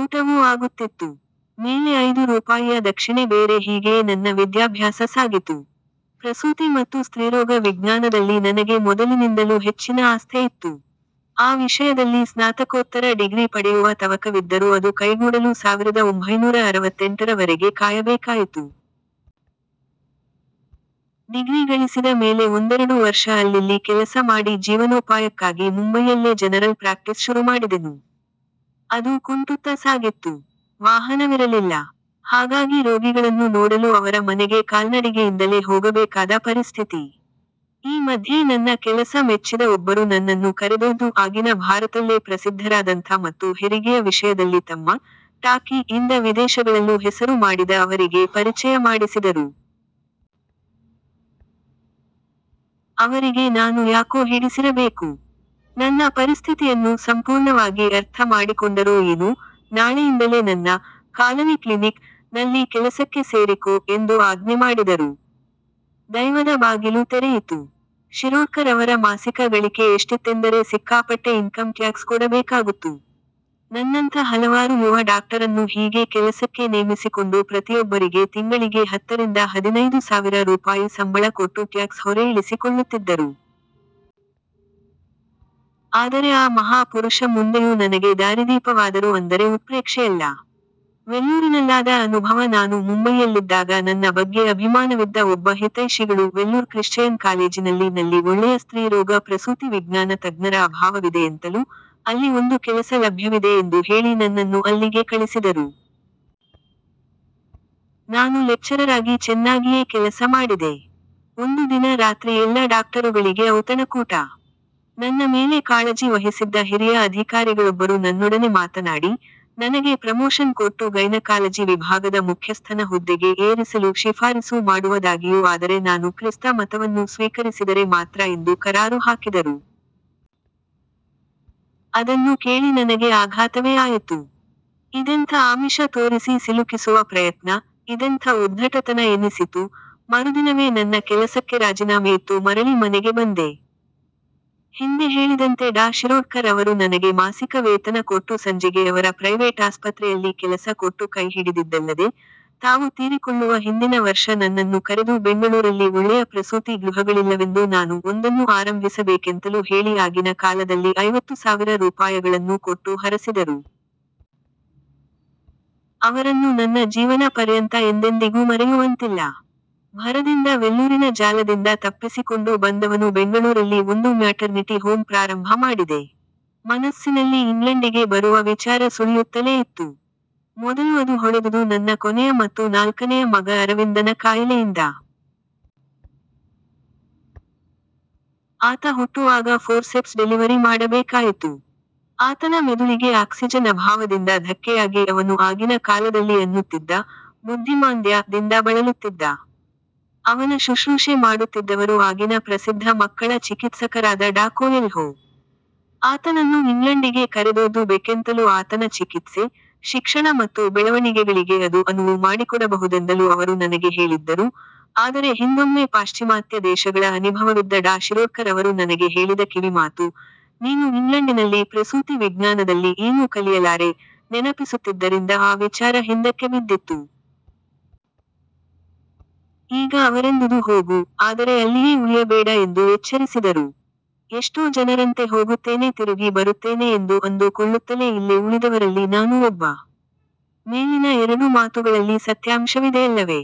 ಊಟವೂ ಆಗುತ್ತಿತ್ತು. ಮೇಲೆ ಐದು ರೂಪಾಯಿಯ ದಕ್ಷಿಣೆ ಬೇರೆ ಹೀಗೆಯೇ ನನ್ನ ವಿದ್ಯಾಭ್ಯಾಸ ಸಾಗಿತು. ಪ್ರಸೂತಿ ಮತ್ತು ಸ್ತ್ರೀರೋಗ ವಿಜ್ಞಾನದಲ್ಲಿ ನನಗೆ ಮೊದಲಿನಿಂದಲೂ ಹೆಚ್ಚಿನ ಆಸ್ಥೆ ಇತ್ತು. ಆ ವಿಷಯದಲ್ಲಿ ಸ್ನಾತಕೋತ್ತರ ಡಿಗ್ರಿ ಪಡೆಯುವ ತವಕವಿದ್ದರೂ ಅದು ಕೈಗೂಡಲು ಸಾವಿರದ ಒಂಭೈನೂರ ಅರವತ್ತೆಂಟರ ವರೆಗೆ ಕಾಯಬೇಕಾಯಿತು. ಡಿಗ್ರಿ ಗಳಿಸಿದ ಮೇಲೆ ಒಂದೆರಡು ವರ್ಷ ಅಲ್ಲಿಲ್ಲಿ ಕೆಲಸ ಮಾಡಿ ಜೀವನೋಪಾಯಕ್ಕಾಗಿ ಮುಂಬಯಿಯಲ್ಲೇ ಜನರಲ್ ಪ್ರಾಕ್ಟಿಸ್ ಶುರುಮಾಡಿದೆನು. ಅದು ಕುಂಟುತ್ತ ಸಾಗಿತ್ತು. ವಾಹನವಿರಲಿಲ್ಲ. ಹಾಗಾಗಿ ರೋಗಿಗಳನ್ನು ನೋಡಲು ಅವರ ಮನೆಗೆ ಕಾಲ್ನಡಿಗೆಯಿಂದಲೇ ಹೋಗಬೇಕಾದ ಪರಿಸ್ಠಿತಿ. ಈ ಮಧ್ಯೆ ನನ್ನ ಕೆಲಸ ಮೆಚ್ಚಿದ ಒಬ್ಬರು ನನ್ನನ್ನು ಕರೆದೊಯ್ದು ಆಗಿನ ಭಾರತಲ್ಲೇ ಪ್ರಸಿದ್ಧರಾದಂಥ ಮತ್ತು ಹೆರಿಗೆಯ ವಿಷಯದಲ್ಲಿ ತಮ್ಮ 'ಟಾಕಿ' ಯಿಂದ ವಿದೇಶಗಳಲ್ಲೂ ಹೆಸರು ಮಾಡಿದ ಅವರಿಗೆ ಪರಿಚಯ ಮಾಡಿಸಿದರು. ಅವರಿಗೆ ನಾನು ಯಾಕೋ ಹಿಡಿಸಿರಬೇಕು. ನನ್ನ ಪರಿಸ್ಥಿತಿಯನ್ನು ಸಂಪೂರ್ಣವಾಗಿ ಅರ್ಥ ಮಾಡಿಕೊಂಡರೋ ಏನೋ, 'ನಾಳೆಯಿಂದಲೇ ನನ್ನ "ಕಾಲನಿ ಕ್ಲಿನಿಕ್'' ನಲ್ಲಿ ಕೆಲಸಕ್ಕೆ ಸೇರಿಕೋ' ಎಂದು ಆಜ್ಞೆ ಮಾಡಿದರು. ದೈವದ ಬಾಗಿಲು ತೆರೆಯಿತು. ಶಿರೋಡ್ಕರ್ ಅವರ ಮಾಸಿಕ ಗಳಿಕೆ ಎಷ್ಟಿತ್ತೆಂದರೆ ಸಿಕ್ಕಾಪಟ್ಟೆ ಇನ್ಕಂ ಟ್ಯಾಕ್ಸ್ ಕೊಡಬೇಕಾಗುತ್ತು. ನನ್ನಂಥ ಹಲವಾರು ಯುವ ಡಾಕ್ಟರನ್ನು ಹೀಗೆ ಕೆಲಸಕ್ಕೆ ನೇಮಿಸಿಕೊಂಡು ಪ್ರತಿಯೊಬ್ಬರಿಗೆ ತಿಂಗಳಿಗೆ ಹತ್ತರಿಂದ ಹದಿನೈದು ಸಾವಿರ ರೂಪಾಯಿ ಸಂಬಳ ಕೊಟ್ಟು ಟ್ಯಾಕ್ಸ್ ಹೊರೆ ಇಳಿಸಿಕೊಳ್ಳುತ್ತಿದ್ದರು. ಆದರೆ ಆ ಮಹಾ ಪುರುಷ ಮುಂದೆಯೂ ನನಗೆ ದಾರಿದೀಪವಾದರು ಅಂದರೆ ಉತ್ಪ್ರೇಕ್ಷೆಯಲ್ಲ. ವೆಲ್ಲೂರಿನಲ್ಲಾದ ಅನುಭವ ನಾನು ಮುಂಬಯಿಯಲ್ಲಿದ್ದಾಗ ನನ್ನ ಬಗ್ಗೆ ಅಭಿಮಾನವಿದ್ದ ಒಬ್ಬ ಹಿತೈಷಿಗಳು ವೆಲ್ಲೂರ್ ಕ್ರಿಶ್ಚಯನ್ ಕಾಲೇಜಿನಲ್ಲಿ ನಲ್ಲಿ ಒಳ್ಳೆಯ ಸ್ತ್ರೀ ರೋಗ-ಪ್ರಸೂತಿ ವಿಜ್ಞಾನ ತಜ್ಞರ ಅಭಾವವಿದೆಯೆಂತಲೂ, ಅಲ್ಲಿ ಒಂದು ಕೆಲಸ ಲಭ್ಯವಿದೆ ಎಂದು ಹೇಳಿ ನನ್ನನ್ನು ಅಲ್ಲಿಗೆ ಕಳಿಸಿದರು. ನಾನು ಲೆಕ್ಚರರಾಗಿ ಚೆನ್ನಾಗಿಯೇ ಕೆಲಸ ಮಾಡಿದೆ. ಒಂದು ದಿನ ರಾತ್ರಿ ಎಲ್ಲ ಡಾಕ್ಟರುಗಳಿಗೆ ಔತಣಕೂಟ. ನನ್ನ ಮೇಲೆ ಕಾಳಜಿ ವಹಿಸಿದ್ದ ಹಿರಿಯ ಅಧಿಕಾರಿಗಳೊಬ್ಬರು ನನ್ನೊಡನೆ ಮಾತನಾಡಿ, ನನಗೆ ಪ್ರಮೋಷನ್ ಕೊಟ್ಟು ಗೈನಕಾಲಜಿ ವಿಭಾಗದ ಮುಖ್ಯಸ್ಥನ ಹುದ್ದೆಗೆ ಏರಿಸಲು ಶಿಫಾರಿಸು ಮಾಡುವದಾಗಿಯೂ ಆದರೆ ನಾನು ಕ್ರಿಸ್ತ ಮತವನ್ನು ಸ್ವೀಕರಿಸಿದರೆ ಮಾತ್ರ ಎಂದು ಕರಾರು ಹಾಕಿದರು. ಅದನ್ನು ಕೇಳಿ ನನಗೆ ಆಘಾತವೇ ಆಯಿತು. ಇದೆಂಥ ಆಮಿಷ ತೋರಿಸಿ ಸಿಲುಕಿಸುವ ಪ್ರಯತ್ನ, ಇದೆಂಥ ಉದ್ಧಟತನ ಎನಿಸಿತು, ಮರುದಿನವೇ ನನ್ನ ಕೆಲಸಕ್ಕೆರಾಜಿನಾಮೆಯಿತ್ತು ಮರಳಿ ಮನೆಗೆ ಬಂದೆ. ಹಿಂದೆ ಹೇಳಿದಂತೆ ಡಾ ಶಿರೋಡ್ ಕರ್ ಅವರು ನನಗೆ ಮಾಸಿಕ ವೇತನ ಕೊಟ್ಟು ಸಂಜೆಗೆ ಅವರ ಪ್ರೈವೇಟ್ ಆಸ್ಪತ್ರೆಯಲ್ಲಿ ಕೆಲಸ ಕೊಟ್ಟು ಕೈ ಹಿಡಿದಿದ್ದಲ್ಲದೆ, ತಾವು ತೀರಿಕೊಳ್ಳುವ ಹಿಂದಿನ ವರ್ಷ ನನ್ನನ್ನು ಕರೆದು ಬೆಂಗಳೂರಲ್ಲಿ ಒಳ್ಳೆಯ ಪ್ರಸೂತಿ ಗೃಹಗಳಿಲ್ಲವೆಂದೂ ನಾನು ಒಂದನ್ನು ಆರಂಭಿಸಬೇಕೆಂತಲೂ ಹೇಳಿ ಆಗಿನ ಕಾಲದಲ್ಲಿ ಐವತ್ತು ಸಾವಿರ ರೂಪಾಯಗಳನ್ನೂ ಕೊಟ್ಟು ಹರಸಿದರು. ಅವರನ್ನು ನನ್ನ ಜೀವನ ಪರ್ಯಂತ ಎಂದೆಂದಿಗೂ ಮರೆಯುವಂತಿಲ್ಲ. ಭರದಿಂದ ವೆಲ್ಲೂರಿನ ಜಾಲದಿಂದ ತಪ್ಪಿಸಿಕೊಂಡು ಬಂದವನು ಬೆಂಗಳೂರಲ್ಲಿ ಒಂದು ಮ್ಯಾಟರ್ನಿಟಿ ಹೋಮ್ ಪ್ರಾರಂಭ ಮಾಡಿದೆ. ಮನಸ್ಸಿನಲ್ಲಿ ಇಂಗ್ಲಂಡಿಗೆ ಬರುವ ವಿಚಾರ ಸುಳಿಯುತ್ತಲೇ ಇತ್ತು. ಮೊದಲು ಅದು ಹೊಳೆದುದು ನನ್ನ ಕೊನೆಯ ಮತ್ತು ನಾಲ್ಕನೆಯ ಮಗ ಅರವಿಂದನ ಕಾಯಿಲೆಯಿಂದ. ಆತ ಹುಟ್ಟುವಾಗ ಫೋರ್ಸೆಪ್ಸ್ ಡೆಲಿವರಿ ಮಾಡಬೇಕಾಯಿತು. ಆತನ ಮೆದುಳಿಗೆ ಆಕ್ಸಿಜನ್ ಅಭಾವದಿಂದ ಧಕ್ಕೆಯಾಗಿ ಅವನು ಆಗಿನ ಕಾಲದಲ್ಲಿ ಅನ್ನುತ್ತಿದ್ದ 'ಬುದ್ಧಿಮಾಂದ್ಯ'ದಿಂದ ಬಳಲುತ್ತಿದ್ದ. ಅವನ ಶುಶ್ರೂಷೆ ಮಾಡುತ್ತಿದ್ದವರು ಆಗಿನ ಪ್ರಸಿದ್ಧ ಮಕ್ಕಳ ಚಿಕಿತ್ಸಕರಾದ ಡಾ ಕೋಯೆಲ್ಹೋ. ಆತನನ್ನು ಇಂಗ್ಲಂಡಿಗೆ ಕರೆದೊಯ್ದು ಬೆಕೆಂತಲೂ ಆತನ ಚಿಕಿತ್ಸೆ, ಶಿಕ್ಷಣ ಮತ್ತು ಬೆಳವಣಿಗೆಗಳಿಗೆ ಅದು ಅನುವು ಮಾಡಿಕೊಡಬಹುದೆಂದಲೂ ಅವರು ನನಗೆ ಹೇಳಿದ್ದರು, ಆದರೆ ಹಿಂದೊಮ್ಮೆ ಪಾಶ್ಚಿಮಾತ್ಯ ದೇಶಗಳ ಅನಿಭವವಿದ್ದ ಡಾ ಶಿರೋಡ್ಕರ್ ಅವರು ನನಗೆ ಹೇಳಿದ ಕಿವಿಮಾತು "ನೀನು ಇಂಗ್ಲಂಡಿನಲ್ಲಿ ಪ್ರಸೂತಿ ವಿಜ್ಞಾನದಲ್ಲಿ ಏನೂ ಕಲಿಯಲಾರೆ" ನೆನಪಿಸುತ್ತಿದ್ದರಿಂದ ಆ ವಿಚಾರ ಹಿಂದಕ್ಕೆಬಿದ್ದಿತ್ತು. ಈಗ ಅವರೆಂದುದು ಹೋಗು, ಆದರೆ ಅಲ್ಲಿಯೇ ಉಳಿಯಬೇಡ ಎಂದು ಎಚ್ಚರಿಸಿದರು. ಎಷ್ಟೋ ಜನರಂತೆ ಹೋಗುತ್ತೇನೆ ತಿರುಗಿ ಬರುತ್ತೇನೆ ಎಂದು ಅಂದು ಕೊಳ್ಳುತ್ತಲೇ ಇಲ್ಲೆ ಉಳಿದವರಲ್ಲಿ ನಾನೂ ಒಬ್ಬ. ಮೇಲಿನ ಎರಡೂ ಮಾತುಗಳಲ್ಲಿ ಸತ್ಯಾಂಶವಿದೆಯಲ್ಲವೆ?.